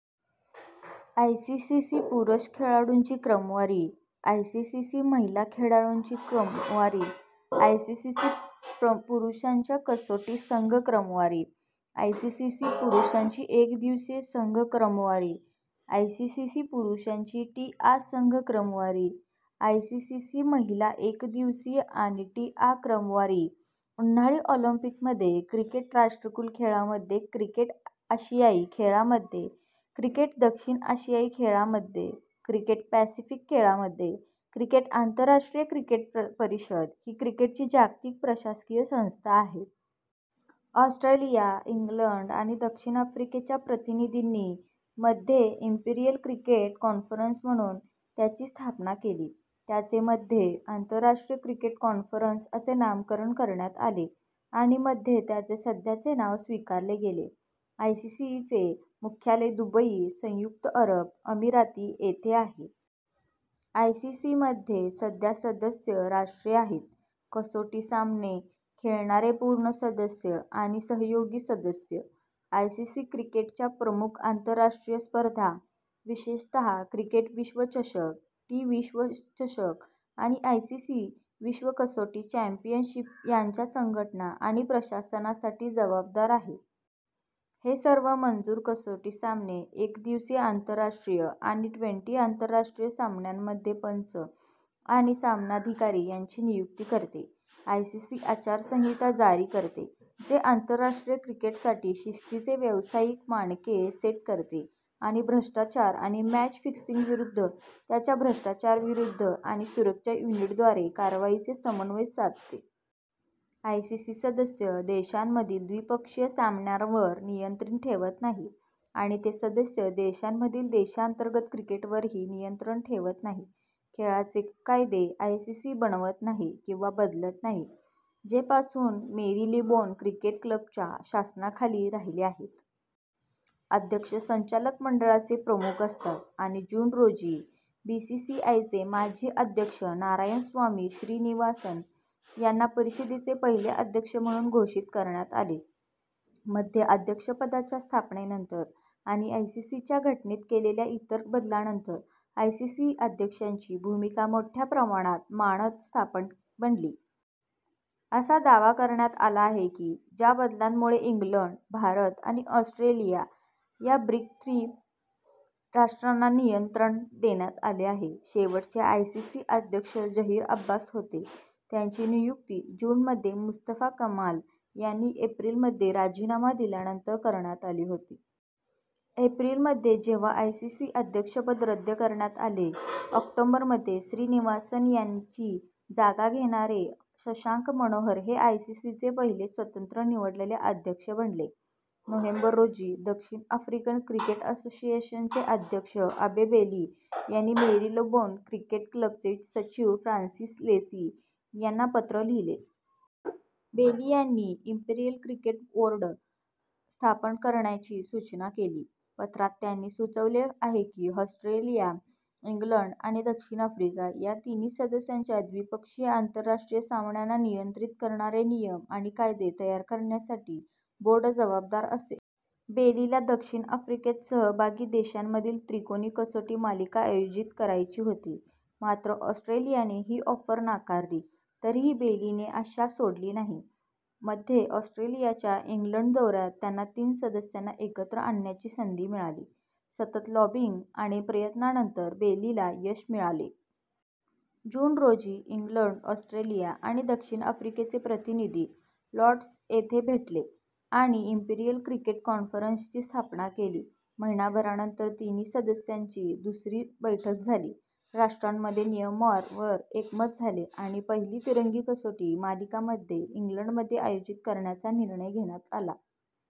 ICC पुरुष खेळाडूंची क्रमवारी आयसीसी महिला खेळाडूंची क्रमवारी आयसीसी पुरुषांची कसोटी संघ क्रमवारी आयसीसी पुरुषांची एकदिवसीय संघ क्रमवारी आयसीसी पुरुषांची टी आ संघ क्रमवारी आयसीसी महिला एकदिवसीय आणि टी आ क्रमवारी उन्हाळी ऑलिंपिकमध्ये क्रिकेट राष्ट्रकुल खेळांमध्ये क्रिकेट आशियाई खेळांमध्ये क्रिकेट दक्षिण आशियाई खेळांमध्ये क्रिकेट पॅसिफिक खेळांमध्ये क्रिकेट आंतरराष्ट्रीय क्रिकेट परिषद ही क्रिकेटची जागतिक प्रशासकीय संस्था आहे. ऑस्ट्रेलिया, इंग्लंड आणि दक्षिण आफ्रिकेच्या प्रतिनिधींनी मध्ये "इम्पीरियल क्रिकेट कॉन्फरन्स" म्हणून त्याची स्थापना केली. त्याचे मध्ये आंतरराष्ट्रीय क्रिकेट कॉन्फरन्स असे नामकरण करण्यात आले आणि मध्ये त्याचे सध्याचे नाव स्वीकारले गेले. आयसीसी चे मुख्यालय दुबई, संयुक्त अरब अमिराती येथे आहे. आयसीसी मध्ये सध्या सदस्य राष्ट्रे आहेत: कसोटी सामने खेळणारे पूर्ण सदस्य आणि सहयोगी सदस्य. आयसीसी क्रिकेटच्या प्रमुख आंतरराष्ट्रीय स्पर्धा, विशेषतः क्रिकेट विश्वचषक, टी- विश्वचषक आणि आयसीसी विश्व कसोटी चॅम्पियनशिप यांच्या संघटना आणि प्रशासनासाठी जबाबदार आहे. हे सर्व मंजूर कसोटी सामने, एक दिवसीय आंतरराष्ट्रीय आणि ट्वेंटी- आंतरराष्ट्रीय सामन्यांमध्ये पंच आणि सामनाधिकारी यांची नियुक्ती करते. आयसीसी आचारसंहिता जारी करते, जे आंतरराष्ट्रीय क्रिकेटसाठी शिस्तीचे व्यावसायिक मानके सेट करते आणि भ्रष्टाचार आणि मॅच फिक्सिंगविरुद्ध त्याच्या भ्रष्टाचारविरोधी आणि सुरक्षा युनिटद्वारे कारवाईचे समन्वय साधते. आयसीसी सदस्य देशांमधील द्विपक्षीय सामन्यांवर नियंत्रण ठेवत नाही आणि ते सदस्य देशांमधील देशांतर्गत क्रिकेटवरही नियंत्रण ठेवत नाही. खेळाचे कायदे आयसीसी बनवत नाही किंवा बदलत नाही, जे पासून मेरीलेबोन क्रिकेट क्लबच्या शासनाखाली राहिले आहेत. अध्यक्ष संचालक मंडळाचे प्रमुख असतात आणि जून रोजी, बीसीसीआयचे माजी अध्यक्ष नारायणस्वामी श्रीनिवासन यांना परिषदेचे पहिले अध्यक्ष म्हणून घोषित करण्यात आले. मध्ये अध्यक्षपदाच्या स्थापनेनंतर आणि आयसीसीच्या घटनेत केलेल्या इतर बदलांनंतर आयसीसी अध्यक्षाची भूमिका मोठ्या प्रमाणात मानद स्थान बनली. असा दावा करण्यात आला आहे की च्या बदलांमुळे इंग्लंड, भारत आणि ऑस्ट्रेलिया या 'बिग थ्री' राष्ट्रांना नियंत्रण देण्यात आले आहे. शेवटचे आयसीसी अध्यक्ष झहीर अब्बास होते, त्यांची नियुक्ती जून मध्ये मुस्तफा कमाल यांनी एप्रिल मध्ये राजीनामा दिल्यानंतर करण्यात आली होती. एप्रिल मध्ये जेव्हा आयसीसी अध्यक्षपद रद्द करण्यात आले, ऑक्टोबर मध्ये श्रीनिवासन यांची जागा घेणारे शशांक मनोहर हे आयसीसीचे पहिले स्वतंत्र निवडलेले अध्यक्ष बनले. नोव्हेंबर रोजी, दक्षिण आफ्रिकन क्रिकेट असोसिएशनचे अध्यक्ष अबे बेली यांनी मेरीलेबोन क्रिकेट क्लबचे सचिव, फ्रान्सिस लेसी यांना पत्र लिहिले. बेली यांनी 'इम्पीरियल क्रिकेट बोर्ड' स्थापन करण्याची सूचना केली. पत्रात त्यांनी सुचवले आहे की ऑस्ट्रेलिया, इंग्लंड आणि दक्षिण आफ्रिका या तिन्ही सदस्यांच्या द्विपक्षीय आंतरराष्ट्रीय सामन्यांना नियंत्रित करणारे नियम आणि कायदे तयार करण्यासाठी बोर्ड जबाबदार असेल. बेलीला दक्षिण आफ्रिकेत सहभागी देशांमधील त्रिकोणी कसोटी मालिका आयोजित करायची होती. मात्र, ऑस्ट्रेलियाने ही ऑफर नाकारली. तरीही बेलीने आशा सोडली नाही. मध्ये ऑस्ट्रेलियाच्या इंग्लंड दौऱ्यात त्यांना तीन सदस्यांना एकत्र आणण्याची संधी मिळाली. सतत लॉबिंग आणि प्रयत्नांनंतर, बेलीला यश मिळाले. जून रोजी, इंग्लंड, ऑस्ट्रेलिया आणि दक्षिण आफ्रिकेचे प्रतिनिधी लॉर्ड्स येथे भेटले आणि इम्पीरियल क्रिकेट कॉन्फरन्स ची स्थापना केली. महिनाभरानंतर तिन्ही सदस्यांची दुसरी बैठक झाली. राष्ट्रांमध्ये नियमांवर एकमत झाले आणि पहिली तिरंगी कसोटी मालिका मध्ये इंग्लंडमध्ये आयोजित करण्याचा निर्णय घेण्यात आला.